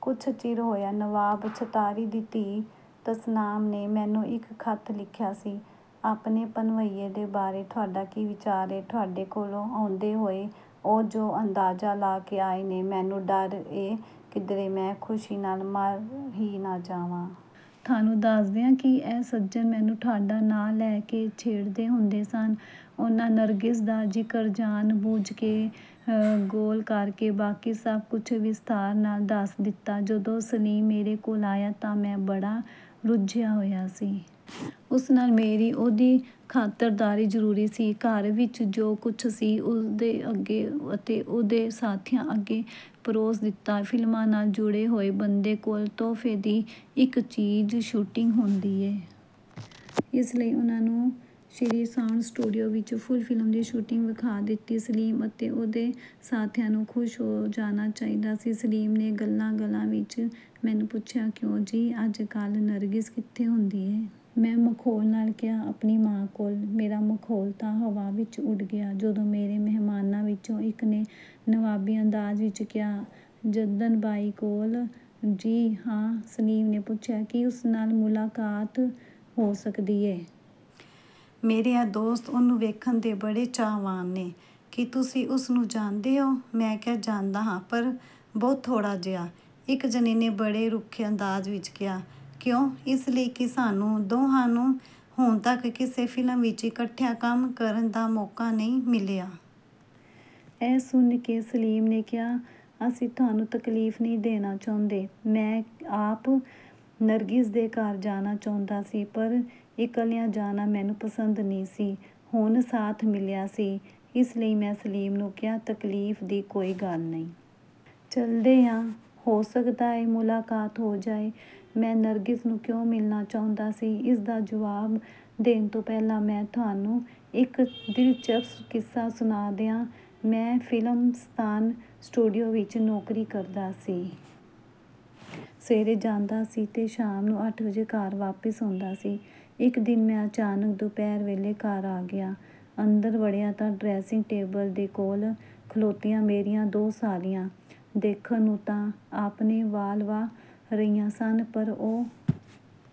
ਕੁਝ ਚਿਰ ਹੋਇਆ, ਨਵਾਬ ਛਤਾਰੀ ਦੀ ਧੀ ਤਸਨਾਮ ਨੇ ਮੈਨੂੰ ਇੱਕ ਖ਼ਤ ਲਿਖਿਆ ਸੀ, ਆਪਣੇ ਭਣਵੱਈਏ ਦੇ ਬਾਰੇ ਤੁਹਾਡਾ ਕੀ ਵਿਚਾਰ ਏ? ਤੁਹਾਡੇ ਕੋਲੋਂ ਆਉਂਦੇ ਹੋਏ ਉਹ ਜੋ ਅੰਦਾਜ਼ਾ ਲਾ ਕੇ ਆਏ ਨੇ, ਮੈਨੂੰ ਡਰ ਏ ਕਿਧਰੇ ਮੈਂ ਖੁਸ਼ੀ ਨਾਲ ਮਰ ਈ ਨਾ ਜਾਵਾਂ! ਤੁਹਾਨੂੰ ਦੱਸ ਦਿਆਂ ਕਿ ਇਹ ਸੱਜਣ ਮੈਨੂੰ ਤੁਹਾਡਾ ਨਾਂ ਲੈ ਕੇ ਛੇੜਦੇ ਹੁੰਦੇ ਸਨ। ਉਨ੍ਹਾਂ ਨਰਗਿਸ ਦਾ ਜ਼ਿਕਰ ਜਾਣ ਬੁੱਝ ਕੇ ਗੋਲ ਕਰਕੇ ਬਾਕੀ ਸਭ ਕੁਝ ਵਿਸਥਾਰ ਨਾਲ ਦੱਸ ਦਿੱਤਾ। ਜਦੋਂ ਸਲੀਮ ਮੇਰੇ ਕੋਲ ਆਇਆ ਤਾਂ ਮੈਂ ਬੜਾ ਰੁੱਝਿਆ ਹੋਇਆ ਸੀ। ਉਸ ਨਾਲ ਮੇਰੀ ਉਹਦੀ ਖਾਤਰਦਾਰੀ ਜ਼ਰੂਰੀ ਸੀ। ਘਰ ਵਿੱਚ ਜੋ ਕੁਝ ਸੀ ਉਹਦੇ ਅੱਗੇ ਅਤੇ ਉਹਦੇ ਸਾਥੀਆਂ ਅੱਗੇ ਪਰੋਸ ਦਿੱਤਾ। ਫ਼ਿਲਮਾਂ ਨਾਲ ਜੁੜੇ ਹੋਏ ਬੰਦੇ ਕੋਲ ਤੋਹਫ਼ੇ ਦੀ ਇੱਕ ਚੀਜ਼ ਸ਼ੂਟਿੰਗ ਹੁੰਦੀ ਏ। ਇਸ ਲਈ ਉਨ੍ਹਾਂ ਨੂੰ ਸ੍ਰੀ ਸਾਊਂਡ ਸਟੂਡੀਓ ਵਿੱਚ ਫੂਲ ਫ਼ਿਲਮ ਦੀ ਸ਼ੂਟਿੰਗ ਵਿਖਾ ਦਿੱਤੀ। ਸਲੀਮ ਅਤੇ ਉਹਦੇ ਸਾਥੀਆਂ ਨੂੰ ਖੁਸ਼ ਹੋ ਜਾਣਾ ਚਾਹੀਦਾ ਸੀ। ਸਲੀਮ ਨੇ ਗੱਲਾਂ ਗੱਲਾਂ ਵਿੱਚ ਮੈਨੂੰ ਪੁੱਛਿਆ, ਕਿਉਂ ਜੀ, ਅੱਜ ਕੱਲ੍ਹ ਨਰਗਿਸ ਕਿੱਥੇ ਹੁੰਦੀ ਏ? ਮੈਂ ਮਖੌਲ ਨਾਲ ਕਿਹਾ, ਆਪਣੀ ਮਾਂ ਕੋਲ। ਮੇਰਾ ਮਖੌਲ ਤਾਂ ਹਵਾ ਵਿੱਚ ਉੱਡ ਗਿਆ। ਜਦੋਂ ਮੇਰੇ ਮਹਿਮਾਨਾਂ ਵਿੱਚੋਂ ਇੱਕ ਨੇ ਨਵਾਬੀ ਅੰਦਾਜ਼ ਵਿੱਚ ਕਿਹਾ, ਜੱਦਨ ਬਾਈ ਕੋਲ? ਜੀ ਹਾਂ। ਸਲੀਮ ਨੇ ਪੁੱਛਿਆ, ਕੀ ਉਸ ਨਾਲ ਮੁਲਾਕਾਤ ਹੋ ਸਕਦੀ ਏ? ਮੇਰੇ ਇਹ ਦੋਸਤ ਉਹਨੂੰ ਵੇਖਣ ਦੇ ਬੜੇ ਚਾਹਵਾਨ ਨੇ। ਕੀ ਤੁਸੀਂ ਉਸਨੂੰ ਜਾਣਦੇ ਹੋ? ਮੈਂ ਕਿਹਾ, ਜਾਣਦਾ ਹਾਂ ਪਰ ਬਹੁਤ ਥੋੜ੍ਹਾ ਜਿਹਾ। ਇੱਕ ਜਣੇ ਨੇ ਬੜੇ ਰੁੱਖੇ ਅੰਦਾਜ਼ ਵਿੱਚ ਕਿਹਾ, ਕਿਉਂ? ਇਸ ਲਈ ਕਿ ਸਾਨੂੰ ਦੋਹਾਂ ਨੂੰ ਹੁਣ ਤੱਕ ਕਿਸੇ ਫ਼ਿਲਮ ਵਿੱਚ ਇਕੱਠਿਆਂ ਕੰਮ ਕਰਨ ਦਾ ਮੌਕਾ ਨਹੀਂ ਮਿਲਿਆ। ਇਹ ਸੁਣ ਕੇ ਸਲੀਮ ਨੇ ਕਿਹਾ, ਅਸੀਂ ਤੁਹਾਨੂੰ ਤਕਲੀਫ਼ ਨਹੀਂ ਦੇਣਾ ਚਾਹੁੰਦੇ। ਮੈਂ ਆਪ ਨਰਗਿਸ ਦੇ ਘਰ ਜਾਣਾ ਚਾਹੁੰਦਾ ਸੀ ਪਰ ਇਕੱਲਿਆਂ ਜਾਣਾ ਮੈਨੂੰ ਪਸੰਦ ਨਹੀਂ ਸੀ। ਹੁਣ ਸਾਥ ਮਿਲਿਆ ਸੀ। ਇਸ ਲਈ ਮੈਂ ਸਲੀਮ ਨੂੰ ਕਿਹਾ, ਤਕਲੀਫ਼ ਦੀ ਕੋਈ ਗੱਲ ਨਹੀਂ। ਚੱਲਦੇ ਆਂ। ਹੋ ਸਕਦਾ ਏ ਮੁਲਾਕਾਤ ਹੋ ਜਾਏ। ਮੈਂ ਨਰਗਿਸ ਨੂੰ ਕਿਉਂ ਮਿਲਣਾ ਚਾਹੁੰਦਾ ਸੀ? ਇਸ ਦਾ ਜਵਾਬ ਦੇਣ ਤੋਂ ਪਹਿਲਾਂ ਮੈਂ ਤੁਹਾਨੂੰ ਇੱਕ ਦਿਲਚਸਪ ਕਿੱਸਾ ਸੁਣਾ ਦਿਆਂ। ਮੈਂ ਫ਼ਿਲਮਸਤਾਨ ਸਟੂਡੀਓ ਵਿੱਚ ਨੌਕਰੀ ਕਰਦਾ ਸੀ। ਸਵੇਰੇ ਜਾਂਦਾ ਸੀ ਅਤੇ ਸ਼ਾਮ ਨੂੰ ਅੱਠ ਵਜੇ ਘਰ ਵਾਪਸ ਆਉਂਦਾ ਸੀ। ਇੱਕ ਦਿਨ ਮੈਂ ਅਚਾਨਕ ਦੁਪਹਿਰ ਵੇਲੇ ਘਰ ਆ ਗਿਆ। ਅੰਦਰ ਵੜਿਆ ਤਾਂ ਡਰੈਸਿੰਗ ਟੇਬਲ ਦੇ ਕੋਲ ਖਲੋਤੀਆਂ ਮੇਰੀਆਂ ਦੋ ਸਾਲੀਆਂ ਦੇਖਣ ਨੂੰ ਤਾਂ ਆਪਣੇ ਵਾਲ ਵਾਹ ਰਹੀਆਂ ਸਨ, ਪਰ ਉਹ